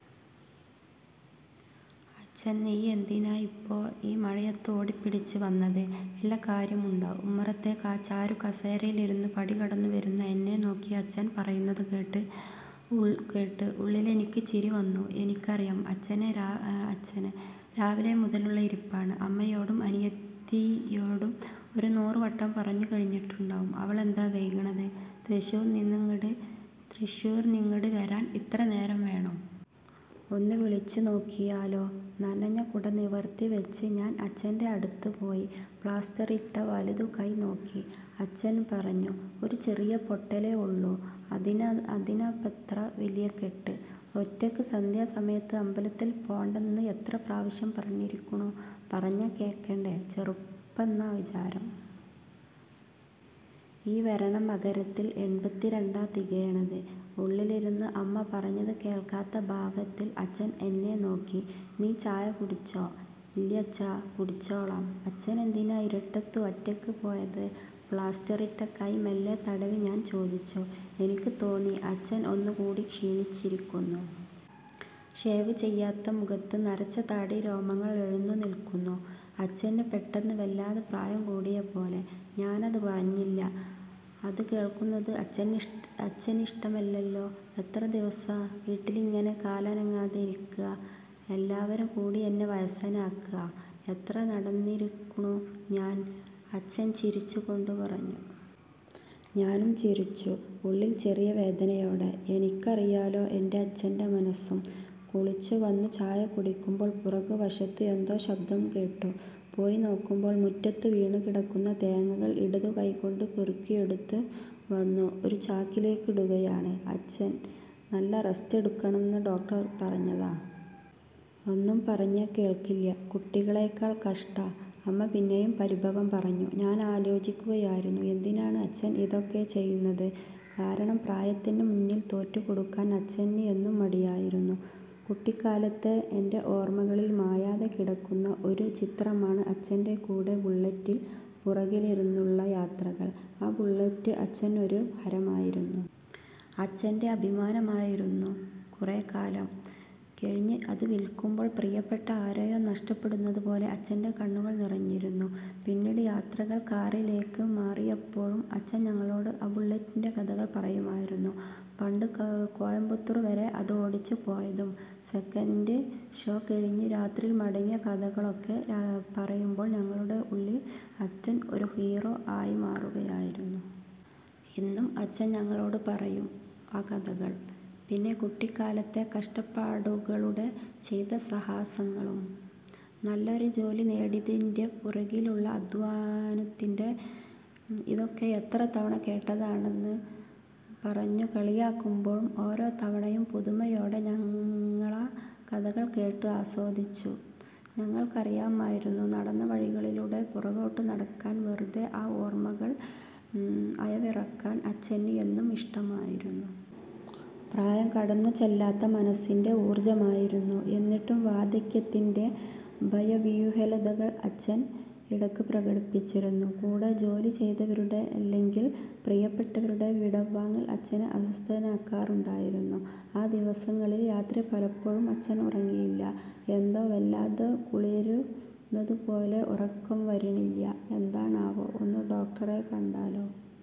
അച്ഛൻ ' നീയെന്തിനായിപ്പോ ഈ മഴയത്ത് ഓടിപിടിച്ച് വന്നത് വല്ല കാര്യണ്ടോ. ' ഉമ്മറത്തെ കാ ചാരുകസേരയിലിരുന്ന് പടി കടന്നു വരുന്ന എന്നെ നോക്കി അച്ഛൻ പറയുന്നത് കേട്ട് കേട്ട് ഉള്ളിലെനിക്ക് ചിരി വന്നു. എനിക്കറിയാം അച്ഛനെരാ അച്ഛനെ. രാവിലെ മുതലുള്ള ഇരിപ്പാണ്. അമ്മയോടും അനിയത്തിയോടും ഒരു നൂറു വട്ടം പറഞ്ഞു കഴിഞ്ഞിട്ടുണ്ടാവും ' അവളെന്താ വൈകണത് തൃശ്ശൂർന്നിങ്ങട് വരാൻ ഇത്ര നേരം വേണോ. ഒന്ന് വിളിച്ചു നോക്കിയാലോ. ' നനഞ്ഞ കുട നിവർത്തി വെച്ച് ഞാൻ അച്ഛന്‍റെ അടുത്ത് പോയി. പ്ലാസ്റ്ററിട്ട വലതു കൈ നോക്കി അച്ഛൻ പറഞ്ഞു. ' ഒരു ചെറിയ പൊട്ടലേ ഒള്ളൂ അതിനാ അതിനാപ്പൊത്ര വല്യ കെട്ട് ' ഒറ്റക്ക് സന്ധ്യാ സമയത്ത് അമ്പലത്തിൽ പോണ്ടാന്ന് എത്ര പ്രാവശ്യം പറഞ്ഞിരിക്കുണു പറഞ്ഞാ കേക്കണ്ടേ ചെറുപ്പാന്നാ വിചാരം. ഈ വരണ മകരത്തില്‍ എൺപത്തിരണ്ടാ തികയണത്. ' ഉള്ളിലിരുന്ന് അമ്മ പറഞ്ഞത് കേൾക്കാത്ത ഭാവത്തിൽ അച്ഛൻ എന്നെ നോക്കി. ' നീ ചായ കുടിച്ചോ? ' ഇല്ല്യച്ഛാ കുടിച്ചോളാം അച്ഛെനെന്തിനാ ഇരുട്ടത്ത് ഒറ്റക്ക് പോയത് '' പ്ലാസ്റ്ററിട്ട കൈ മെല്ലെ തടവി ഞാൻ ചോദിച്ചു എനിക്ക് തോന്നി അച്ഛൻ ഒന്ന് കൂടി ക്ഷീണിച്ചിരിക്കുന്നു. ഷേവ് ചെയ്യാത്ത മുഖത്തു നരച്ച താടിരോമങ്ങൾ എഴുന്നു നിൽക്കുന്നു അച്ഛന് പെട്ടെന്ന് വല്ലാതെ പ്രായം കൂടിയ പോലെ. ഞാനത് പറഞ്ഞില്ല അത് കേൾക്കുന്നത് അച്ഛനിഷ് അച്ഛനിഷ്ടമല്ലല്ലോ ' എത്ര ദിവസാ വീട്ടിലിങ്ങനെ കാലനങ്ങാതെ ഇരിക്കാ. എല്ലാവരും കൂടിയെന്നെ വയസ്സനാക്കാ. എത്ര നടന്നിരിക്കുണു ഞാൻ ' അച്ഛൻ ചിരിച്ചു കൊണ്ട് പറഞ്ഞു. ഞാനും ചിരിച്ചു. ഉള്ളിൽ ചെറിയ വേദനയോടെ. എനിക്കറിയാലോ എന്‍റെ അച്ഛന്‍റെ മനസ്സും. കുളിച്ചു വന്നു ചായ കുടിക്കുമ്പോൾ പുറകു വശത്തു എന്തോ ശബ്ദം കേട്ട് പോയി നോക്കുമ്പോൾ മുറ്റത്ത് വീണു കിടക്കുന്ന തേങ്ങകൾ ഇടതു കൈ കൊണ്ട് പെറുക്കിയെടുത്തു വന്നു ഒരു ചാക്കിലേക്കിടുകയാണ് അച്ഛൻ ' നല്ല റസ്റ്റ് എടുക്കണംന്ന് ഡോക്ടർ പറഞ്ഞതാ. ഒന്നും പറഞ്ഞാ കേൾക്കില്ല്യ കുട്ടികളെക്കാൾ കഷ്ടാ. ' അമ്മ പിന്നെയും പരിഭവം പറഞ്ഞു. ഞാനാലോചിക്കുകയായിരുന്നു. എന്തിനാണ് അച്ഛൻ ഇതൊക്കെ ചെയ്യുന്നത് കാരണം പ്രായത്തിന്റെ മുന്നിൽ തോറ്റു കൊടുക്കാൻ അച്ഛന് എന്നും മടിയായിരുന്നു. കുട്ടിക്കാലത്തെ എന്‍റെ ഓർമകളിൽ മായാതെ കിടക്കുന്ന ഒരു ചിത്രമാണ് അച്ഛന്‍റെ കൂടെ ബുള്ളറ്റിന്റെ പുറകിലിരുന്നുള്ള യാത്രകൾ ആ ബുള്ളറ്റ് അച്ഛനൊരു ഹരമായിരുന്നു. അച്ഛന്‍റെ അഭിമാനമായിരുന്നു. കുറെ കാലം കഴിഞ്ഞ് അത് വിൽക്കുമ്പോൾ പ്രിയപ്പെട്ട ആരെയോ നഷ്ടപ്പെടുന്നതു പോലെ അച്ഛന്റെ കണ്ണുകൾ നിറഞ്ഞിരുന്നു പിന്നീട് യാത്രകൾ കാറിലേക്ക് മാറിയപ്പോഴും അച്ഛൻ ഞങ്ങളോട് ആ ബുള്ളറ്റിന്റെ കഥകൾ പറയുമായിരുന്നു. പണ്ട് കോയമ്പത്തൂർ വരെ അതോടിച്ചു പോയതും സെക്കന്‍റ് ഷോ കഴിഞ്ഞു രാത്രിയിൽ മടങ്ങിയ കഥകളൊക്കെ പറയുമ്പോൾ രാ ഞങ്ങളുടെ ഉള്ളിൽ അച്ഛൻ ഒരു ഹീറോ ആയി മാറുമായിരുന്നു. ഇന്നും അച്ഛൻ ഞങ്ങളോട് പറയും ആ കഥകൾ. പിന്നെ കുട്ടിക്കാലത്തെ കഷ്ടപ്പാടുകളുടെ, ചെയ്ത സാഹസങ്ങളും, നല്ലൊരു ജോലി നേടിയതിന്‍റെ പുറകിലുള്ള അദ്ധ്വാനത്തിന്‍റെ ' ഇതൊക്കെ എത്ര തവണ കേട്ടതാ'ണെന്ന് പറഞ്ഞു കളിയാക്കുമ്പോഴും ഓരോ തവണയും പുതുമയോടെ ഞങ്ങളാ കഥകൾ കേട്ടു ആസ്വദിച്ചു ഞങ്ങൾക്കറിയാമായിരുന്നു നടന്ന വഴികളിലൂടെ പുറകോട്ടു നടക്കാൻ വെറുതെ ആ ഓർമ്മകൾ അയവിറക്കാൻ അച്ഛന്ന് എന്നും ഇഷ്ടമായിരുന്നു. പ്രായം കടന്നു ചെല്ലാത്ത മനസ്സിന്‍റെ ഊർജ്ജമായിരുന്നു. എന്നിട്ടും വാർദ്ധക്യത്തിന്റെ ഭയവിഹ്വലതകൾ അച്ഛൻ ഇടക്ക് പ്രകടിപ്പിച്ചിരുന്നു. കൂടെ ജോലി ചെയ്തവരുടെ അല്ലെങ്കിൽ പ്രിയപ്പെട്ടവരുടെ വിടവാങ്ങൽ അച്ഛനെ അസ്വസ്ഥനാക്കാറുണ്ടായിരുന്നു ആ ദിവസങ്ങളിൽ രാത്രി പലപ്പോഴും അച്ഛൻ ഉറങ്ങിയില്ല ' എന്തോ വല്ലാതെ കുളിരുന്നതു പോലെ ഉറക്കം വരിണില്യ എന്താണാവോ ഒന്ന് ഡോക്ടറെ കണ്ടാലോ.